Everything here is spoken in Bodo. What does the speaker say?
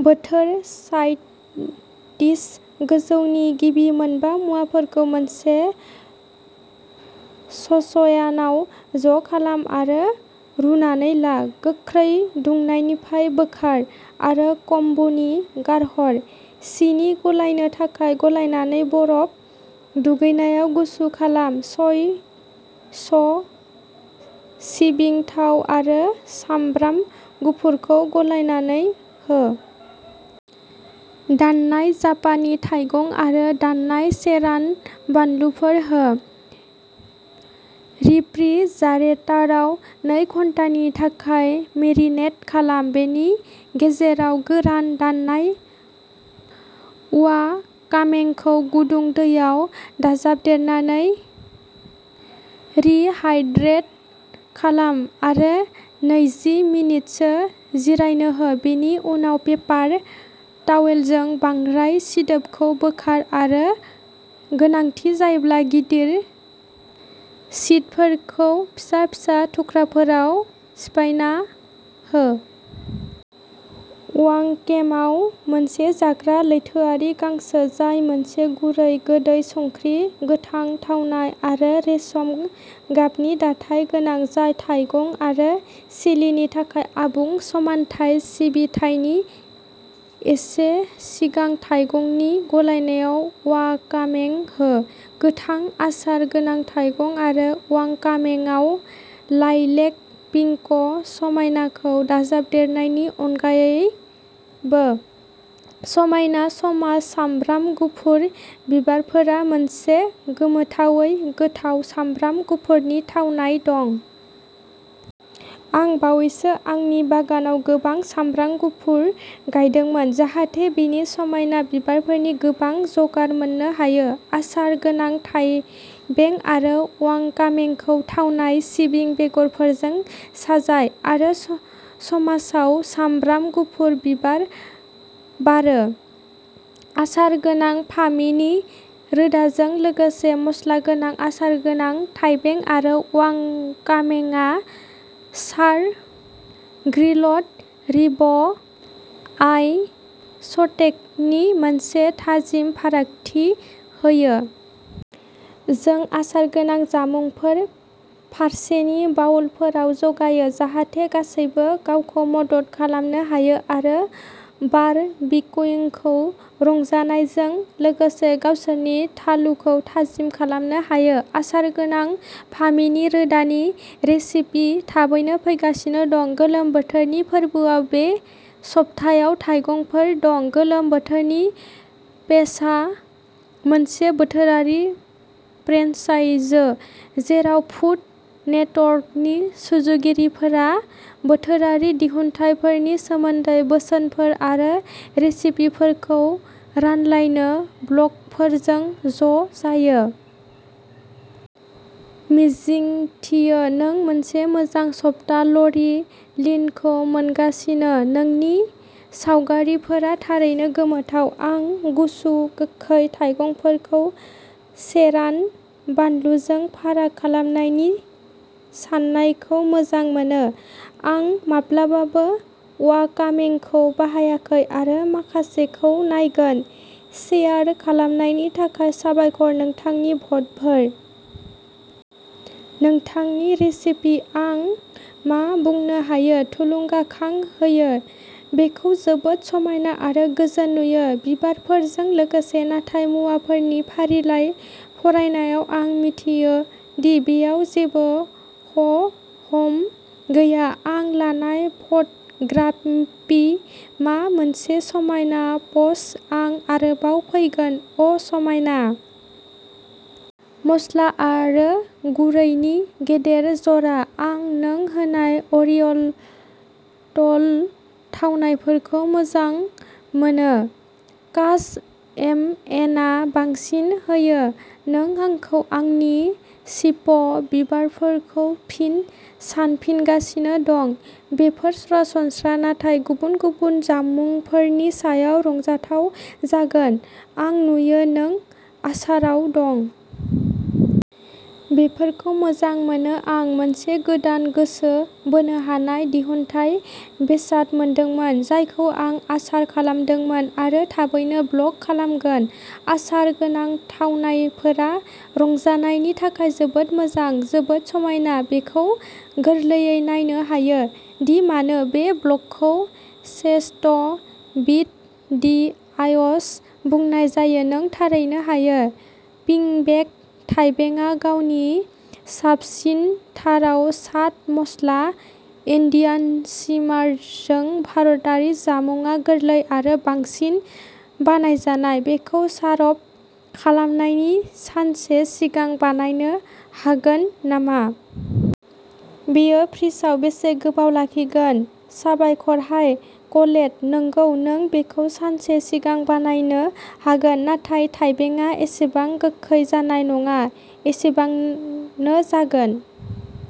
बोथोर साइड डिश, गोजौनि गिबि मोनबा मुवाफोरखौ मोनसे सस'यानाव ज' खालाम आरो रुनानै ला। गोख्रै दुंनायनिफाय बोखार आरो क'म्बुनि गारहर। सिनि गलायनो थाखाय गलायनानै बरफ दुगैनायाव गुसु खालाम। सय स' सिबिं थाव आरो सामब्राम गुफुरखौ गलायनानै हो। दाननाय जापानी थाइगं आरो दाननाय सेरान बानलुफोर हो। रेफ्रिजारेटाराव नै घन्टानि थाखाय मेरिनेट खालाम। बेनि गेजेराव गोरान दाननाय वाकामेखौ गुदुं दैयाव दाजाबदेरनानै रिहाइड्रेट खालाम आरो नैजि मिनिटसो जिरायनो हो। बेनि उनाव पेपार तावेलजों बांद्राय सिदोबखौ बोखार आरो गोनांथि जायोब्ला गिदिर शीटफोरखौ फिसा फिसा थुख्राफोराव सिफायना हो। वांकामेआ मोनसे जाग्रा लैथोआरि गांसो, जाय मोनसे गुरै गोदै संख्रि गोथां थावनाय आरो रेसम गाबनि दाथाय गोनां, जाय थाइगं आरो चिलिनि थाखाय आबुं समानथाय सिबिथायनि एसे सिगां थाइगंनि गलायनायाव वाकामें हो। गोथां आसार गोनां थाइगं आरो वांकामेंआव लाइलेक पिंक' समायनाखौ दाजाबदेरनायनि अनगायै बो, समायना समाज सामब्राम गुफुर बिबारफोरा मोनसे गोमोथावै गोथाव सामब्राम गुफुरनि थावनाय दं। आं बावैसो आंनि बागानाव गोबां सामब्राम गुफुर गायदोंमोन जाहाथे बेफोर समायना बिबारफोरनि गोबां जगार मोननो हायो। आसार गोनां थाइबें आरो वांकामेंखौ थावनाय सिबिं बेगरफोरजों साजाय आरो स-समाजआव सामब्राम गुफुर बिबार बारो। आसार गोनां फामिनि रोदाजों लोगोसे, मस्लागोनां आसार गोनां थाइबें आरो वांकामेंआ चार ग्रिलड रिब' आइ सटेकनि मोनसे थाजिम फारागथि होयो। जों आसार गोनां जामुंफोर फारसेनि बाउलफोराव जगायो जाहाथे गासैबो गावखौ मदद खालामनो हायो आरो बारबिक्युंखौ रंजानायजों लोगोसे गावसोरनि थालुखौ थाजिम खालामनो हायो। आसार गोनां फामिनि रोदानि रेसिपि थाबैनो फैगासिनो दं। गोलोम बोथोरनि फोरबोआव बे सप्तायाव थाइगंफोर दं गोलोम बोथोरनि फेसआ मोनसे बोथोरारि फ्रेन्चाइजो जेराव फुद नेटर्कनि सुजुगिरिफोरा बोथोरारि दिहुनथायफोरनि सोमोन्दै बोसोनफोर आरो रेसिपिफोरखौ रानलायनो ब्लगफोरजों ज' जायो। मिजिंथियो नों मोनसे मोजां सप्ता ल'रि लिनखौ मोनगासिनो नोंनि सावगारिफोरा थारैनो गोमोथाव। आं गुसु गोखै थाइगंफोरखौ सेरान बानलुजों फाराग खालामनायनि साननायखौ मोजां मोनो। आं माब्लाबाबो वाकामेंखौ बाहायाखै आरो माखासेखौ नायगोन। शेयार खालामनायनि थाखाय साबायखर नोंथांनि फटफोर। नोंथांनि रेसिपि। आं मा बुंनो हायो? थुलुंगाखां होयो बेखौ जोबोद समायना आरो गोजोन नुयो, बिबारफोरजों लोगोसे, नाथाय मुवाफोरनि फारिलाइ फरायनायाव आं मिथियो दि बेयाव जेबो ह' हम गैया। आं लानाय फटग्राफि मा मोनसे समायना पस आं आरोबाव फैगोन अ समायना। मस्ला आरो गुरैनि गेदेर जरा। आं नों होनाय अरिवलटल थावनायफोरखौ मोजां मोनो काश एमएनआ बांसिन होयो। नों आंखौ आंनि चिप' बिबारफोरखौ फिन सानफिनगासिनो दं बेफोर सरासनस्रा नाथाय गुबुन गुबुन जामुंफोरनि सायाव रंजाथाव जागोन आं नुयो नों आसाराव दं। बेफोरखौ मोजां मोनो। आं मोनसे गोदान गोसो बोनो हानाय दिहुनथाय बेसाद मोनदोंमोन जायखौ आं आचार खालामदोंमोन आरो थाबैनो ब्लग खालामगोन। आचार गोनां थावनायफोरा रंजानायनि थाखाय जोबोद मोजां। जोबोद समायना बेखौ गोरलैयै नायनो हायो दि मानो बे ब्लगखौ सेसट' विद दि आय'ज बुंनाय जायो नों थारैनो हायो। पिंबेक थाइबेंआ गावनि साबसिनथाराव चाट मस्ला एन्डियान सिमारजों भारतारि जामुंआ गोरलै आरो बांसिन बानायजानाय बेखौ सार'भ खालामनायनि सानसे सिगां बानायनो हागोन नामा? बेयो फ्रिजआव बेसे गोबाव लाखिगोन? साबायखर हाय कलेट नंगौ नों बेखौ सानसे सिगां बानायनो हागोन, नाथाय थाइबेंआ एसेबां गोखै जानाय नङा, एसेबांनो जागोन।